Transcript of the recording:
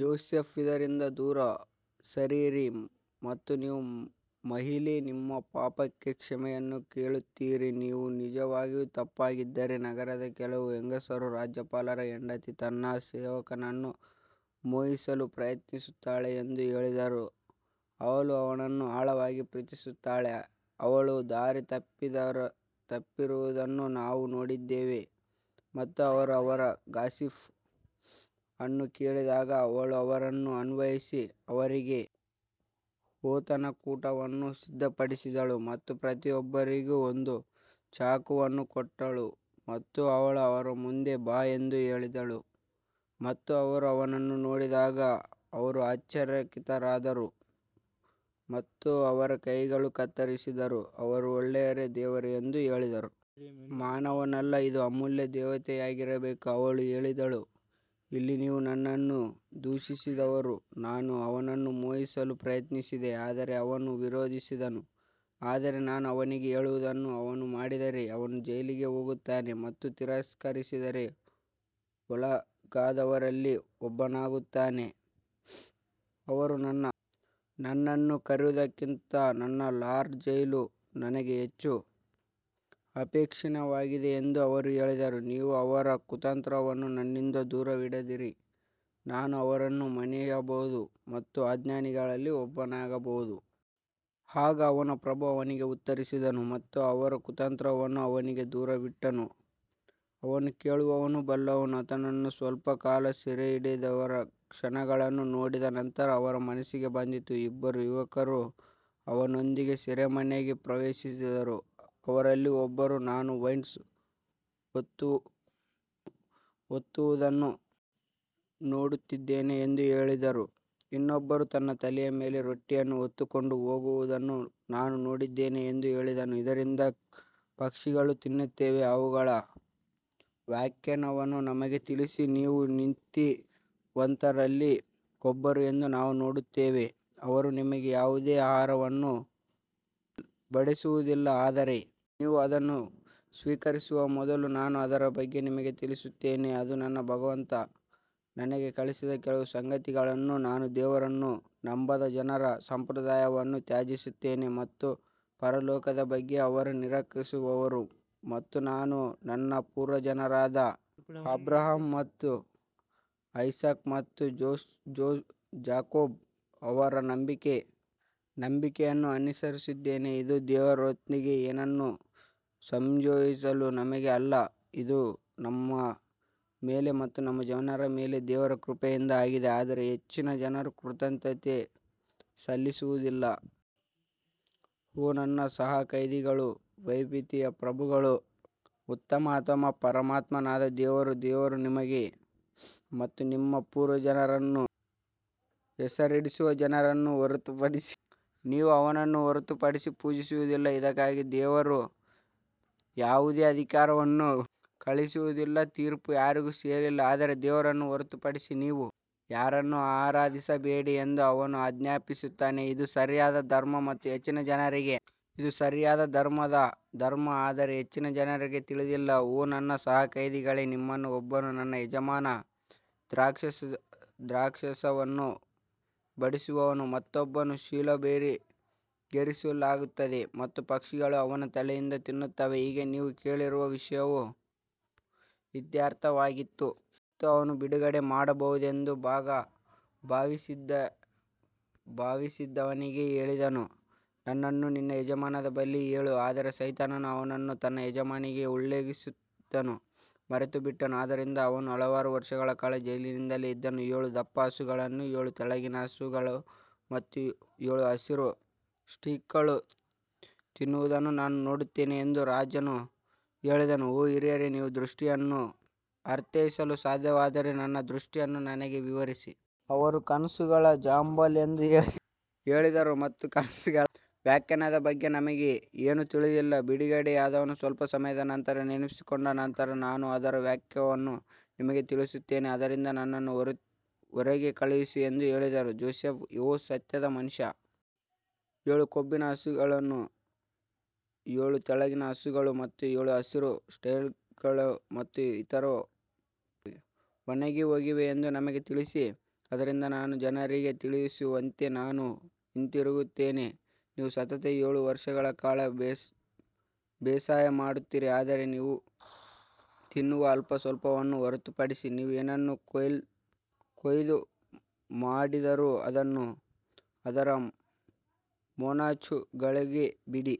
Joseph ಇದರಿಂದ ದೂರ ಸರಿಯಿರಿ ಮತ್ತು ನೀವು ಮಹಿಳೆ ನಿಮ್ಮ ಪಾಪಕ್ಕೆ ಕ್ಷಮೆಯನ್ನು ಕೇಳುತ್ತೀರಿ, ನೀವು ನಿಜವಾಗಿಯೂ ತಪ್ಪಾಗಿದ್ದೀರಿ ನಗರದ ಕೆಲವು ಹೆಂಗಸರು ರಾಜ್ಯಪಾಲರ ಹೆಂಡತಿ ತನ್ನ ಸೇವಕನನ್ನು ಮೋಹಿಸಲು ಪ್ರಯತ್ನಿಸುತ್ತಿದ್ದಾಳೆ ಎಂದು ಹೇಳಿದರು ಅವಳು ಅವನನ್ನು ಆಳವಾಗಿ ಪ್ರೀತಿಸುತ್ತಿದ್ದಾಳೆ ಅವಳು ದಾರಿ ತಪ್ಪಿರುವುದನ್ನು ನಾವು ನೋಡುತ್ತೇವೆ ಮತ್ತು ಅವರು ಅವರ ಗಾಸಿಪ್ ಅನ್ನು ಕೇಳಿದಾಗ ಅವಳು ಅವರನ್ನು ಆಹ್ವಾನಿಸಿ ಅವರಿಗೆ ಔತಣಕೂಟವನ್ನು ಸಿದ್ಧಪಡಿಸಿದಳು ಮತ್ತು ಪ್ರತಿಯೊಬ್ಬರಿಗೂ ಒಂದು ಚಾಕುವನ್ನು ಕೊಟ್ಟಳು ಮತ್ತು ಅವಳು ಅವರ ಮುಂದೆ ಬಾ ಎಂದು ಹೇಳಿದಳು ಮತ್ತು ಅವರು ಅವನನ್ನು ನೋಡಿದಾಗ ಅವರು ಆಶ್ಚರ್ಯಚಕಿತರಾದರು ಮತ್ತು ಅವರ ಕೈಗಳನ್ನು ಕತ್ತರಿಸಿದರು ಅವರು ಒಳ್ಳೆಯದು ದೇವರೇ ಎಂದು ಹೇಳಿದರು. ಮಾನವನಲ್ಲ, ಇದು ಅಮೂಲ್ಯ ದೇವತೆಯಾಗಿರಬೇಕು ಅವಳು ಹೇಳಿದಳು ಇಲ್ಲಿ ನೀವು ನನ್ನನ್ನು ದೂಷಿಸಿದವರು ನಾನು ಅವನನ್ನು ಮೋಹಿಸಲು ಪ್ರಯತ್ನಿಸಿದೆ ಆದರೆ ಅವನು ವಿರೋಧಿಸಿದನು ಆದರೆ ನಾನು ಅವನಿಗೆ ಹೇಳುವುದನ್ನು ಅವನು ಮಾಡದಿದ್ದರೆ ಅವನು ಜೈಲಿಗೆ ಹೋಗುತ್ತಾನೆ ಮತ್ತು ತಿರಸ್ಕಾರಕ್ಕೆ ಒಳಗಾದವರಲ್ಲಿ ಒಬ್ಬನಾಗುತ್ತಾನೆ. ಅವರು ನನ್ನನ್ನು ಕರೆಯುವುದಕ್ಕಿಂತ ನನ್ನ ಲಾರ್ಡ್ ಜೈಲು ನನಗೆ ಹೆಚ್ಚು ಅಪೇಕ್ಷಣೀಯವಾಗಿದೆ ಎಂದು ಅವರು ಹೇಳಿದರು, ನೀವು ಅವರ ಕುತಂತ್ರವನ್ನು ನನ್ನಿಂದ ದೂರವಿಡದಿದ್ದರೆ ನಾನು ಅವರಿಗೆ ಮಣಿಯಬಹುದು ಮತ್ತು ಅಜ್ಞಾನಿಗಳಲ್ಲಿ ಒಬ್ಬನಾಗಬಹುದು. ಆಗ ಅವನ ಪ್ರಭು ಅವನಿಗೆ ಉತ್ತರಿಸಿದನು ಮತ್ತು ಅವರ ಕುತಂತ್ರವನ್ನು ಅವನಿಂದ ದೂರವಿಟ್ಟನು, ಅವನು ಕೇಳುವವನು ಬಲ್ಲವನು ಆತನನ್ನು ಸ್ವಲ್ಪ ಕಾಲ ಸೆರೆಯಲ್ಲಿಡುವ ಲಕ್ಷಣಗಳನ್ನು ನೋಡಿದ ನಂತರ ಅವರ ಮನಸ್ಸಿಗೆ ಬಂದಿತು ಇಬ್ಬರು ಯುವಕರು ಅವನೊಂದಿಗೆ ಸೆರೆಮನೆಗೆ ಪ್ರವೇಶಿಸಿದರು ಅವರಲ್ಲಿ ಒಬ್ಬರು ನಾನು ವೈನ್ ಒತ್ತುವುದನ್ನು ನೋಡುತ್ತಿದ್ದೇನೆ ಎಂದು ಹೇಳಿದರು ಇನ್ನೊಬ್ಬರು ನನ್ನ ತಲೆಯ ಮೇಲೆ ರೊಟ್ಟಿಯನ್ನು ಹೊತ್ತುಕೊಂಡು ಹೋಗುವುದನ್ನು ನಾನು ನೋಡುತ್ತೇನೆ ಎಂದು ಹೇಳಿದನು ಇದರಿಂದ ಪಕ್ಷಿಗಳು ತಿನ್ನುತ್ತಿವೆ ಅವುಗಳ ವ್ಯಾಖ್ಯಾನವನ್ನು ನಮಗೆ ತಿಳಿಸಿ ನೀವು ನೀತಿವಂತರಲ್ಲಿ ಒಬ್ಬರು ಎಂದು ನಾವು ನೋಡುತ್ತೇವೆ ಅವರು ನಿಮಗೆ ಯಾವುದೇ ಆಹಾರವನ್ನು ಬಡಿಸುವುದಿಲ್ಲ ಆದರೆ ನೀವು ಅದನ್ನು ಸ್ವೀಕರಿಸುವ ಮೊದಲು ನಾನು ಅದರ ಬಗ್ಗೆ ನಿಮಗೆ ತಿಳಿಸಿದ್ದೇನೆ ಅದು ನನ್ನ ಭಗವಂತ ನನಗೆ ಕಲಿಸಿದ ಕೆಲವು ಸಂಗತಿಗಳನ್ನು ನಾನು ದೇವರನ್ನು ನಂಬದ ಜನರ ಸಂಪ್ರದಾಯವನ್ನು ತ್ಯಜಿಸಿದ್ದೇನೆ ಮತ್ತು ಪರಲೋಕದ ಬಗ್ಗೆ ಅವರು ನಿರಾಕರಿಸುವವರು ಮತ್ತು ನಾನು ನನ್ನ ಪೂರ್ವಜರಾದ ಅಬ್ರಹಾಂ ಮತ್ತು ಐಸಾಕ್ ಮತ್ತು ಜಾಕೋಬ್ ಅವರ ನಂಬಿಕೆಯನ್ನು ಅನುಸರಿಸಿದ್ದೇನೆ, ಇದು ದೇವರೊಂದಿಗೆ ಏನನ್ನೂ ಸಂಯೋಜಿಸಲು ನಮಗೆ ಅಲ್ಲ, ಇದು ನಮ್ಮ ಮೇಲೆ ಮತ್ತು ಜನರ ಮೇಲೆ ದೇವರ ಕೃಪೆಯಿಂದ ಆಗಿದೆ ಆದರೆ ಹೆಚ್ಚಿನ ಜನರು ಕೃತಜ್ಞತೆ ಸಲ್ಲಿಸುವುದಿಲ್ಲ. ಓ ನನ್ನ ಸಹ ಕೈದಿಗಳು ವೈವಿಧ್ಯಮಯ ಪ್ರಭುಗಳು ಉತ್ತಮ ಅಥವಾ ಪರಮಾತ್ಮನಾದ ದೇವರು ದೇವರು ನಿಮಗೆ ಮತ್ತು ನಿಮ್ಮ ಪೂರ್ವಜರನ್ನು ಹೆಸರಿಸಿರುವ ಹೆಸರನ್ನು ಹೊರತುಪಡಿಸಿ ನೀವು ಅವನನ್ನು ಹೊರತುಪಡಿಸಿ ಪೂಜಿಸುವುದಿಲ್ಲ, ಇದಕ್ಕಾಗಿ ದೇವರು ಯಾವುದೇ ಅಧಿಕಾರವನ್ನು ಕಳುಹಿಸಿಲ್ಲ ತೀರ್ಪು ಯಾರಿಗೂ ಸೇರಿಲ್ಲ ಆದರೆ ದೇವರನ್ನು ಹೊರತುಪಡಿಸಿ ನೀವು ಯಾರನ್ನೂ ಆರಾಧಿಸಬೇಡಿ ಎಂದು ಅವನು ಆಜ್ಞಾಪಿಸಿದ್ದಾನೆ ಇದು ಸರಿಯಾದ ಧರ್ಮ ಆದರೆ ಹೆಚ್ಚಿನ ಜನರಿಗೆ ತಿಳಿದಿಲ್ಲ ಓ ನನ್ನ ಸಹ ಕೈದಿಗಳೇ ನಿಮ್ಮಲ್ಲಿ ಒಬ್ಬನು ತನ್ನ ಯಜಮಾನ ದ್ರಾಕ್ಷಾರಸವನ್ನು ಬಡಿಸುವನು, ಮತ್ತೊಬ್ಬನನ್ನು ಶಿಲುಬೆಗೇರಿಸಲಾಗುತ್ತದೆ ಮತ್ತು ಪಕ್ಷಿಗಳು ಅವನ ತಲೆಯಿಂದ ತಿನ್ನುತ್ತವೆ, ಹೀಗೆ ನೀವು ಕೇಳುತ್ತಿರುವ ವಿಷಯವು ಇತ್ಯರ್ಥವಾಯಿತು. ಮತ್ತು ಅವನು ಬಿಡುಗಡೆ ಮಾಡಬಹುದೆಂದು ಭಾವಿಸಿದವನಿಗೆ ಹೇಳಿದನು, ನನ್ನನ್ನು ನಿನ್ನ ಯಜಮಾನನ ಬಳಿ ಹೇಳು ಆದರೆ ಸೈತಾನನು ಅವನನ್ನು ತನ್ನ ಯಜಮಾನನಿಗೆ ಉಲ್ಲೇಖಿಸುವುದನ್ನು ಮರೆತುಬಿಟ್ಟನು ಆದ್ದರಿಂದ ಅವನು ಹಲವಾರು ವರ್ಷಗಳ ಕಾಲ ಜೈಲಿನಲ್ಲಿಯೇ ಇದ್ದನು. ಏಳು ದಪ್ಪ ಹಸುಗಳನ್ನು ಏಳು ತೆಳ್ಳಗಿನ ಹಸುಗಳು ಮತ್ತು ಏಳು ಹಸಿರು ಸ್ಪೈಕ್ಗಳು ತಿನ್ನುವುದನ್ನು ನಾನು ನೋಡುತ್ತೇನೆ ಎಂದು ರಾಜನು ಹೇಳಿದನು, ಓ ಹಿರಿಯರೇ, ನೀವು ದೃಷ್ಟಿಯನ್ನು ಅರ್ಥೈಸಲು ಸಾಧ್ಯವಾದರೆ ನನ್ನ ದೃಷ್ಟಿಯನ್ನು ನನಗೆ ವಿವರಿಸಿ. ಅವರು ಕನಸುಗಳ ಜಂಬಲ್ಸ್ ಎಂದು ಹೇಳಿದರು ಮತ್ತು ಕನಸುಗಳ ವ್ಯಾಖ್ಯಾನದ ಬಗ್ಗೆ ನಮಗೆ ಏನೂ ತಿಳಿದಿಲ್ಲ ಬಿಡುಗಡೆಯಾದವನು ಸ್ವಲ್ಪ ಸಮಯದ ನಂತರ ನೆನಪಿಸಿಕೊಂಡ ನಂತರ ನಾನು ಅದರ ವ್ಯಾಖ್ಯಾನವನ್ನು ನಿಮಗೆ ತಿಳಿಸುತ್ತೇನೆ ಆದ್ದರಿಂದ ನನ್ನನ್ನು ಹೊರಗೆ ಕಳುಹಿಸಿ ಎಂದು ಹೇಳಿದರು ಜೋಸೆಫ್ ಓ ಸತ್ಯದ ಮನುಷ್ಯ ಏಳು ಕೊಬ್ಬಿನ ಹಸುಗಳನ್ನು ಏಳು ತೆಳ್ಳಗಿನ ಹಸುಗಳು ಮತ್ತು ಏಳು ಹಸಿರು ಸ್ಪೈಕ್ಗಳು ಮತ್ತು ಇತರವು ಒಣಗಿಹೋಗಿವೆ ಎಂದು ನಮಗೆ ತಿಳಿಸಿ, ಆದ್ದರಿಂದ ನಾನು ಜನರಿಗೆ ತಿಳಿಯುವಂತೆ ನಾನು ಹಿಂತಿರುಗುತ್ತೇನೆ ನೀವು ಸತತ ಏಳು ವರ್ಷಗಳ ಕಾಲ ಬೇಸಾಯ ಮಾಡುತ್ತೀರಿ ಆದರೆ ನೀವು ತಿನ್ನುವ ಅಲ್ಪಸ್ವಲ್ಪವನ್ನು ಹೊರತುಪಡಿಸಿ ನೀವು ಏನನ್ನು ಕೊಯ್ಲು ಮಾಡಿದರೂ ಅದನ್ನು ಅದರ ಮೊನಚುಗಳಲ್ಲಿ ಬಿಡಿ.